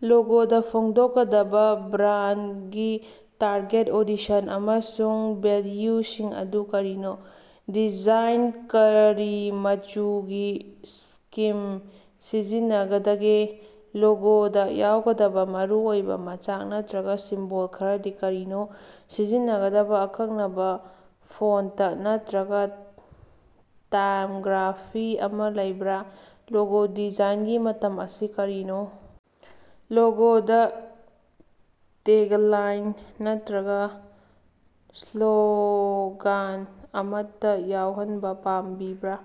ꯂꯣꯒꯣꯗ ꯐꯣꯡꯗꯣꯛꯀꯗꯕ ꯕ꯭ꯔꯥꯟꯗꯒꯤ target audition ꯑꯃꯁꯨꯡ ꯚꯦꯂ꯭ꯌꯨꯁꯤꯡ ꯑꯗꯨ ꯀꯔꯤꯅꯣ? ꯗꯤꯖꯥꯏꯟꯗ ꯀꯔꯤ ꯃꯆꯨꯒꯤ ꯁ꯭ꯀꯤꯝ ꯁꯤꯖꯤꯟꯅꯒꯗꯒꯦ? ꯂꯣꯒꯣꯗ ꯌꯥꯎꯒꯗꯕ ꯃꯔꯨꯑꯣꯏꯕ ꯃꯆꯥꯛ ꯅꯠꯇꯔꯒ ꯁꯤꯝꯕꯣꯜ ꯈꯔꯗꯤ ꯀꯔꯤꯅꯣ? ꯁꯤꯖꯤꯟꯅꯒꯗꯕ ꯑꯀꯛꯅꯕ ꯐꯣꯟꯇ ꯅꯠꯇꯔꯒ ꯇꯥꯏꯝꯒ꯭ꯔꯥꯐꯤ ꯑꯃ ꯂꯩꯕ꯭ꯔꯥ? ꯂꯣꯒꯣ ꯗꯤꯖꯥꯏꯟꯒꯤ ꯃꯇꯝ ꯑꯁꯤ ꯀꯔꯤꯅꯣ? ꯂꯣꯒꯣꯗ ꯇꯦꯒꯂꯥꯏꯟ ꯅꯠꯇꯔꯒ ꯁ꯭ꯂꯣꯒꯥꯟ ꯑꯃꯠꯇ ꯌꯥꯎꯍꯟꯕ ꯄꯥꯝꯕꯤꯕꯔꯥ?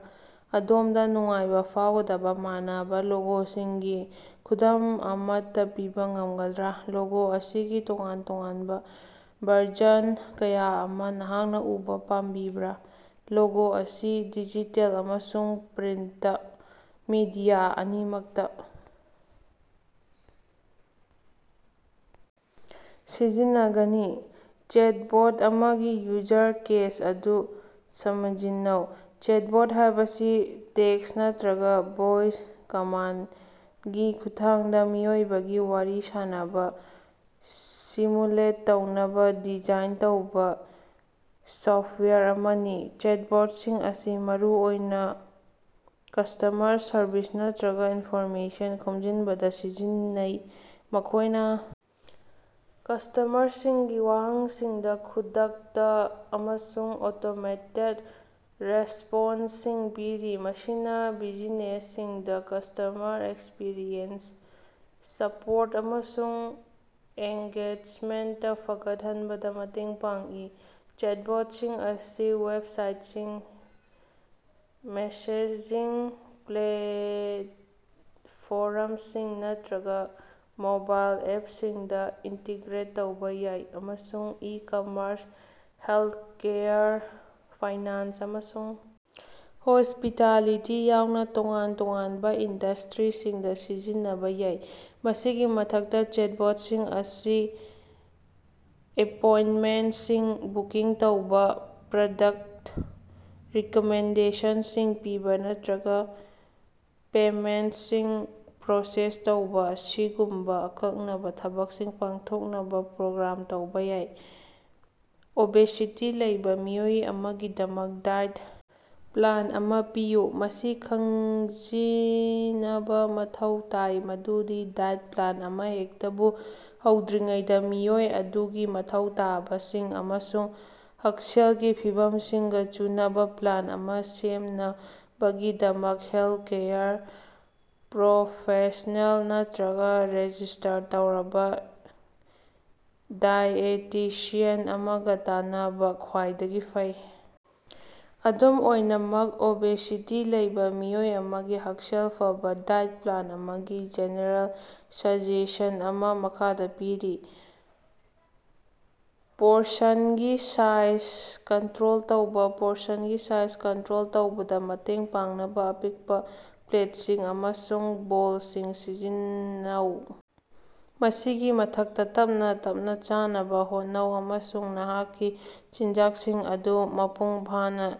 ꯑꯗꯣꯝꯗ ꯅꯨꯡꯉꯥꯏꯕ ꯐꯥꯎꯒꯗꯕ ꯃꯥꯟꯅꯕ ꯂꯣꯒꯣꯁꯤꯡꯒꯤ ꯈꯨꯗꯝ ꯑꯃꯠꯇ ꯄꯤꯕ ꯉꯝꯒꯗ꯭ꯔꯥ? ꯂꯣꯒꯣ ꯑꯁꯤꯒꯤ ꯇꯣꯉꯥꯟ ꯇꯣꯉꯥꯟꯕ ꯚꯔꯖꯟ ꯀꯌꯥ ꯑꯃ ꯅꯍꯥꯛꯅ ꯎꯕꯥ ꯄꯥꯝꯕꯤꯕꯔꯥ? ꯂꯣꯒꯣ ꯑꯁꯤ ꯗꯤꯖꯤꯇꯦꯜ ꯑꯃꯁꯨꯡ ꯄ꯭ꯔꯤꯟꯇ ꯃꯤꯗꯤꯌꯥ ꯑꯅꯤꯃꯛꯇ ꯁꯤꯖꯤꯟꯅꯒꯅꯤ꯫ ꯆꯦꯠꯕꯣꯠ ꯑꯃꯒꯤ ꯌꯨꯖꯔ ꯀꯦꯁ ꯑꯗꯨ ꯁꯃꯖꯤꯟꯅꯧ꯫ ꯆꯦꯠꯕꯣꯠ ꯍꯥꯏꯕꯁꯤ ꯇꯦꯛꯁꯠ ꯅꯠꯇꯔꯒ ꯚꯣꯏꯁ ꯀꯃꯥꯟꯗꯒꯤ ꯈꯨꯠꯊꯥꯡꯗ ꯃꯤꯑꯣꯏꯕꯒꯤ ꯋꯥꯔꯤ ꯁꯥꯟꯅꯕ ꯁꯤꯃꯨꯂꯦꯠ ꯇꯧꯅꯕ ꯗꯤꯖꯥꯏꯟ ꯇꯧꯕ ꯁꯣꯐ꯭ꯇꯋꯥꯌꯔ ꯑꯃꯅꯤ꯫ ꯆꯦꯠꯕꯣꯠꯁꯤꯡ ꯑꯁꯤ ꯃꯔꯨꯑꯣꯏꯅ ꯀꯁ꯭ꯇꯃꯔ ꯁꯔꯚꯤꯁ ꯅꯠꯇꯔꯒ ꯏꯟꯐꯣꯔꯃꯦꯁꯟ ꯈꯣꯝꯖꯤꯟꯕꯗ ꯁꯤꯖꯤꯟꯅꯩ꯫ ꯃꯈꯣꯏꯅ ꯀꯁ꯭ꯇꯃꯔꯁꯤꯡꯒꯤ ꯋꯥꯍꯪꯁꯤꯡꯗ ꯈꯨꯗꯛꯇ ꯑꯃꯁꯨꯡ ꯑꯣꯇꯣꯃꯦꯇꯦꯗ ꯔꯦꯁ꯭ꯄꯣꯟꯁꯁꯤꯡ ꯄꯤꯔꯤ, ꯃꯁꯤꯅ ꯕꯤꯖꯤꯅꯦꯁꯁꯤꯡꯗ ꯀꯁ꯭ꯇꯃꯔ ꯑꯦꯛꯁꯄ꯭ꯔꯤꯌꯦꯟꯁ, ꯁꯄꯣꯔꯠ ꯑꯃꯁꯨꯡ ꯑꯦꯡꯒꯦꯖꯃꯦꯟꯇ ꯐꯒꯠꯍꯟꯕꯗ ꯃꯇꯦꯡ ꯄꯥꯡꯏ꯫ ꯆꯦꯠꯕꯣꯠꯁꯤꯡ ꯑꯁꯤ ꯋꯦꯕꯁꯥꯏꯠꯁꯤꯡ, ꯃꯦꯁꯦꯖꯤꯡ ꯄ꯭ꯂꯦꯠꯐꯣꯔꯝꯁꯤꯡ ꯅꯠꯇꯔꯒ ꯃꯣꯕꯥꯏꯜ ꯑꯦꯞꯁꯤꯡꯗ ꯏꯟꯇꯤꯒ꯭ꯔꯦꯠ ꯇꯧꯕ ꯌꯥꯏ, ꯑꯃꯁꯨꯡ ꯏ-ꯀꯃꯔꯁ, ꯍꯦꯜꯊꯀꯦꯌꯔ, ꯐꯥꯏꯅꯥꯟꯁ, ꯑꯃꯁꯨꯡ ꯍꯣꯁꯄꯤꯇꯥꯂꯤꯇꯤ ꯌꯥꯎꯅ ꯇꯣꯉꯥꯟ ꯇꯣꯉꯥꯟꯕ ꯏꯟꯗꯁꯇꯔꯤꯁꯤꯡꯗ ꯁꯤꯖꯤꯟꯅꯕ ꯌꯥꯏ꯫ ꯃꯁꯤꯒꯤ ꯃꯊꯛꯇ, ꯆꯦꯠꯕꯣꯠꯁꯤꯡ ꯑꯁꯤ ꯑꯦꯄꯣꯏꯟꯇꯃꯦꯟꯇꯁꯤꯡ ꯕꯨꯀꯤꯡ ꯇꯧꯕ, ꯄ꯭ꯔꯗꯛꯇ ꯔꯤꯀꯃꯦꯟꯗꯦꯁꯟꯁꯤꯡ ꯄꯤꯕ ꯅꯠꯇꯔꯒ ꯄꯦꯃꯦꯟꯇꯁꯤꯡ ꯄ꯭ꯔꯣꯁꯦꯁ ꯇꯧꯕ ꯑꯁꯤꯒꯨꯝꯕ ꯑꯀꯛꯅꯕ ꯊꯕꯛꯁꯤꯡ ꯄꯥꯡꯊꯣꯛꯅꯕ ꯄ꯭ꯔꯣꯒ꯭ꯔꯥꯝ ꯇꯧꯕ ꯌꯥꯏ꯫ ꯑꯣꯕꯦꯁꯤꯇꯤ ꯂꯩꯕ ꯃꯤꯑꯣꯏ ꯑꯃꯒꯤꯗꯃꯛ ꯗꯥꯏꯠ ꯄ꯭ꯂꯥꯟ ꯑꯃ ꯄꯤꯌꯨ꯫ ꯃꯁꯤ ꯈꯪꯖꯤꯅꯕ ꯃꯊꯧ ꯇꯥꯏ ꯃꯗꯨꯗꯤ ꯗꯥꯏꯠ ꯄ꯭ꯂꯥꯟ ꯑꯃꯍꯦꯛꯇꯕꯨ ꯍꯧꯗ꯭ꯔꯤꯉꯩꯗ, ꯃꯤꯑꯣꯏ ꯑꯗꯨꯒꯤ ꯃꯊꯧ ꯇꯥꯕꯁꯤꯡ ꯑꯃꯁꯨꯡ ꯍꯛꯁꯦꯜꯒꯤ ꯐꯤꯚꯝꯁꯤꯡꯒ ꯆꯨꯅꯕꯥ ꯄ꯭ꯂꯥꯟ ꯑꯃ ꯁꯦꯝꯅꯕꯒꯤꯗꯃꯛ ꯍꯦꯜꯊꯀꯦꯌꯔ ꯄ꯭ꯔꯣꯐꯦꯁꯅꯦꯜ ꯅꯠꯇꯔꯒ ꯔꯦꯖꯤꯁ꯭ꯇꯔ ꯇꯧꯔꯕ ꯗꯥꯏꯑꯦꯇꯤꯁꯤꯌꯟ ꯑꯃꯒ ꯇꯥꯟꯅꯕꯅ ꯈ꯭ꯋꯥꯏꯗꯒꯤ ꯐꯩ꯫ ꯑꯗꯨꯝ ꯑꯣꯏꯅꯃꯛ, ꯑꯣꯕꯦꯁꯤꯇꯤ ꯂꯩꯕ ꯃꯤꯑꯣꯏ ꯑꯃꯒꯤ ꯍꯛꯁꯦꯜ ꯐꯕꯥ ꯗꯥꯏꯠ ꯄ꯭ꯂꯥꯟ ꯑꯃꯒꯤ ꯖꯦꯅꯦꯔꯦꯜ ꯁꯖꯦꯁꯟ ꯑꯃꯥ ꯃꯈꯥꯗ ꯄꯤꯔꯤ - ꯄꯣꯔꯁꯟꯒꯤ ꯁꯥꯏꯖ ꯀꯟꯇꯔꯣꯜ ꯇꯧꯕ - ꯄꯣꯔꯁꯟꯒꯤ ꯁꯥꯏꯖ ꯀꯟꯇꯔꯣꯜ ꯇꯧꯕꯗ ꯃꯇꯦꯡ ꯄꯥꯡꯅꯕ ꯑꯄꯤꯛꯄ ꯄ꯭ꯂꯦꯠꯁꯤꯡ ꯑꯃꯁꯨꯡ ꯕꯣꯜꯁꯤꯡ ꯁꯤꯖꯤꯟꯅꯧ꯫ ꯃꯁꯤꯒꯤ ꯃꯊꯛꯇ, ꯇꯞꯅꯥ ꯇꯞꯅꯥ ꯆꯥꯅꯕ ꯍꯣꯠꯅꯧ ꯑꯃꯁꯨꯡ ꯅꯍꯥꯛꯀꯤ ꯆꯤꯟꯖꯥꯛꯁꯤꯡ ꯑꯗꯨ ꯃꯄꯨꯡꯐꯥꯅ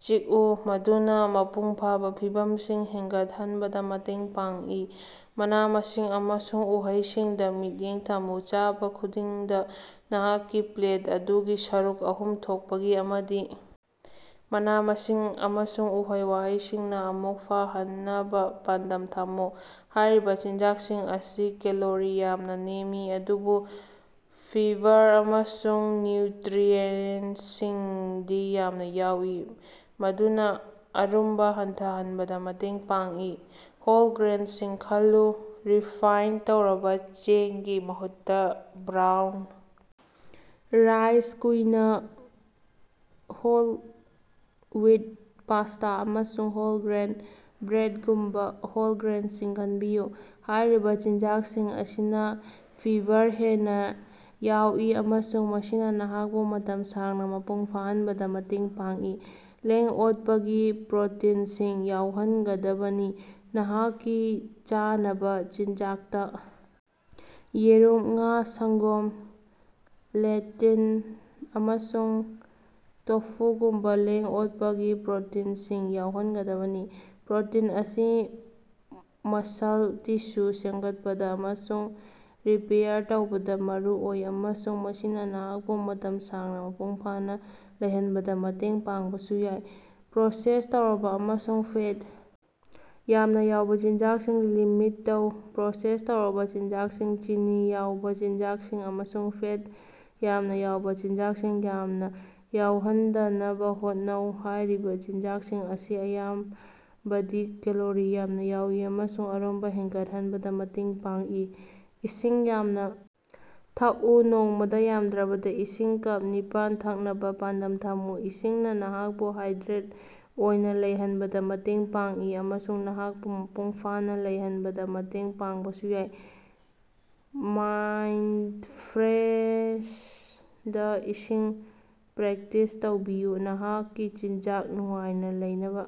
ꯆꯤꯛꯎ, ꯃꯗꯨꯅ ꯃꯄꯨꯡꯐꯥꯕ ꯐꯤꯚꯝꯁꯤꯡ ꯍꯦꯟꯒꯠꯍꯟꯕꯗ ꯃꯇꯦꯡ ꯄꯥꯡꯏ꯫ ꯃꯅꯥ-ꯃꯁꯤꯡ ꯑꯃꯁꯨꯡ ꯎꯍꯩꯁꯤꯡꯗ ꯃꯤꯠꯌꯦꯡ ꯊꯝꯃꯨ - ꯆꯥꯕ ꯈꯨꯗꯤꯡꯗ ꯅꯍꯥꯛꯀꯤ ꯄ꯭ꯂꯦꯠ ꯑꯗꯨꯒꯤ ꯁꯔꯨꯛ ꯑꯍꯨꯝ ꯊꯣꯛꯄꯒꯤ ꯑꯃꯗꯤ ꯃꯅꯥ-ꯃꯁꯤꯡ ꯑꯃꯁꯨꯡ ꯎꯍꯩ-ꯋꯥꯍꯩꯁꯤꯡꯅ ꯑꯃꯨꯛ ꯐꯥꯍꯟꯅꯕ ꯄꯥꯟꯗꯝ ꯊꯝꯃꯨ꯫ ꯍꯥꯏꯔꯤꯕ ꯆꯤꯟꯖꯥꯛꯁꯤꯡ ꯑꯁꯤ ꯀꯦꯂꯣꯔꯤ ꯌꯥꯝꯅ ꯅꯦꯝꯃꯤ, ꯑꯗꯨꯕꯨ ꯐꯤꯕꯔ ꯑꯃꯁꯨꯡ ꯅ꯭ꯌꯨꯇꯔꯤꯑꯦꯟꯇꯁꯤꯡꯗꯤ ꯌꯥꯝꯅ ꯌꯥꯎꯏ, ꯃꯗꯨꯅ ꯑꯔꯨꯝꯕ ꯍꯟꯊꯍꯟꯕꯗ ꯃꯇꯦꯡ ꯄꯥꯡꯏ꯫ ꯍꯣꯜ ꯒ꯭ꯔꯦꯟꯁꯤꯡ ꯈꯜꯂꯨ - ꯔꯤꯐꯥꯏꯟꯗ ꯇꯧꯔꯕ ꯆꯦꯡꯒꯤ ꯃꯍꯨꯠꯇ, brown rice, quinoa, whole wheat pasta, ꯑꯃꯁꯨꯡ ꯍꯣꯜ-ꯒ꯭ꯔꯦꯟ ꯕ꯭ꯔꯦꯗꯒꯨꯝꯕ ꯍꯣꯜ ꯒ꯭ꯔꯦꯟꯁꯤꯡ ꯈꯟꯕꯤꯌꯨ꯫ ꯍꯥꯏꯔꯤꯕ ꯆꯤꯟꯖꯥꯛꯁꯤꯡ ꯑꯁꯤꯅ ꯐꯤꯕꯔ ꯍꯦꯟꯅ ꯌꯥꯎꯏ ꯑꯃꯁꯨꯡ ꯃꯁꯤꯅ ꯅꯍꯥꯛꯄꯨ ꯃꯇꯝ ꯁꯥꯡꯅ ꯃꯄꯨꯡ ꯐꯥꯍꯟꯕꯗ ꯃꯇꯦꯡ ꯄꯥꯡꯏ꯫ ꯂꯦꯡ-ꯑꯣꯠꯄꯒꯤ ꯄ꯭ꯔꯣꯇꯤꯟꯁꯤꯡ ꯌꯥꯎꯍꯟꯒꯗꯕꯅꯤ - ꯅꯍꯥꯛꯀꯤ ꯆꯥꯅꯕ ꯆꯤꯟꯖꯥꯛꯇ ꯌꯦꯔꯨꯝ, ꯉꯥ, ꯁꯪꯒꯣꯝ, ꯂꯦꯇꯤꯜ, ꯑꯃꯁꯨꯡ ꯇꯣꯐꯨꯒꯨꯝꯕ ꯂꯦꯡ-ꯑꯣꯠꯄꯒꯤ ꯄ꯭ꯔꯣꯇꯤꯟꯁꯤꯡ ꯌꯥꯎꯍꯟꯒꯗꯕꯅꯤ꯫ ꯄ꯭ꯔꯣꯇꯤꯟ ꯑꯁꯤ ꯃꯁꯜ ꯇꯤꯁꯨ ꯁꯦꯝꯒꯠꯄꯗ ꯑꯃꯁꯨꯡ ꯔꯤꯄꯦꯌꯥꯔ ꯇꯧꯕꯗ ꯃꯔꯨꯑꯣꯏ, ꯑꯃꯁꯨꯡ ꯃꯁꯤꯅ ꯅꯍꯥꯛꯄꯨ ꯃꯇꯝ ꯁꯥꯡꯅ ꯃꯄꯨꯡ ꯐꯥꯅ ꯂꯩꯍꯟꯕꯗ ꯃꯇꯦꯡ ꯄꯥꯡꯕꯁꯨ ꯌꯥꯏ꯫ ꯄ꯭ꯔꯣꯁꯦꯁ ꯇꯧꯔꯕ ꯑꯃꯁꯨꯡ ꯐꯦꯠ ꯌꯥꯝꯅ ꯌꯥꯎꯕ ꯆꯤꯟꯖꯥꯛꯁꯤꯡ ꯂꯤꯃꯤꯠ ꯇꯧ- ꯄ꯭ꯔꯣꯁꯦꯁ ꯇꯧꯔꯕ ꯆꯤꯟꯖꯥꯛꯁꯤꯡ, ꯆꯤꯅꯤ ꯌꯥꯎꯕ ꯆꯤꯟꯖꯥꯛꯁꯤꯡ ꯑꯃꯁꯨꯡ ꯐꯦꯠ ꯌꯥꯝꯅ ꯌꯥꯎꯕ‌ ꯆꯤꯟꯖꯥꯛꯁꯤꯡ ꯌꯥꯝꯅ ꯌꯥꯎꯍꯟꯗꯅꯕ ꯍꯣꯠꯅꯧ꯫ ꯍꯥꯏꯔꯤꯕꯥ ꯆꯤꯟꯖꯥꯛꯁꯤꯡ ꯑꯁꯤ ꯑꯌꯥꯝꯕꯗꯤ ꯀꯦꯂꯣꯔꯤ ꯌꯥꯝꯅ ꯌꯥꯎꯏ ꯑꯃꯁꯨꯡ ꯑꯔꯨꯝꯕ ꯍꯦꯟꯒꯠꯍꯟꯕꯗ ꯃꯇꯦꯡ ꯄꯥꯡꯏ꯫ ꯏꯁꯤꯡ ꯌꯥꯝꯅ ꯊꯛꯎ - ꯅꯣꯡꯃꯥꯗ ꯌꯥꯝꯗ꯭ꯔꯕꯗ ꯏꯁꯤꯡ ꯀꯞ ꯅꯤꯄꯥꯜ ꯊꯛꯅꯕꯥ ꯄꯥꯟꯗꯝ ꯊꯝꯃꯨ꯫ ꯏꯁꯤꯡꯅ ꯅꯍꯥꯛꯄꯨ ꯍꯥꯏꯗ꯭ꯔꯦꯠ ꯑꯣꯏꯅ ꯂꯩꯍꯟꯕꯗ ꯃꯇꯦꯡ ꯄꯥꯡꯏ, ꯑꯃꯁꯨꯡ ꯅꯍꯥꯛꯄꯨ ꯃꯄꯨꯡꯐꯥꯅ ꯂꯩꯍꯟꯕꯗ ꯃꯇꯦꯡ ꯄꯥꯡꯕꯁꯨ ꯌꯥꯏ꯫ ꯃꯥꯏꯟꯗꯐ꯭ꯔꯦꯁ ꯏꯁꯤꯡ ꯄ꯭ꯔꯦꯛꯇꯤꯁ ꯇꯧꯕꯤꯌꯨ - ꯅꯍꯥꯛꯀꯤ ꯆꯤꯟꯖꯥꯛ ꯅꯨꯡꯉꯥꯏꯅ ꯂꯩꯅꯕ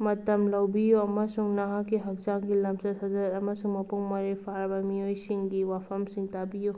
ꯃꯇꯝ ꯂꯧꯕꯤꯌꯨ ꯑꯃꯁꯨꯡ ꯅꯍꯥꯛꯀꯤ ꯍꯛꯆꯥꯡꯒꯤ ꯂꯝꯆꯠ-ꯁꯥꯖꯠ ꯑꯃꯁꯨꯡ ꯃꯄꯨꯡ-ꯃꯔꯩ ꯐꯥꯔꯕ ꯃꯤꯑꯣꯏꯁꯤꯡꯒꯤ ꯋꯥꯐꯝꯁꯤꯡ ꯇꯥꯕꯤꯌꯨ꯫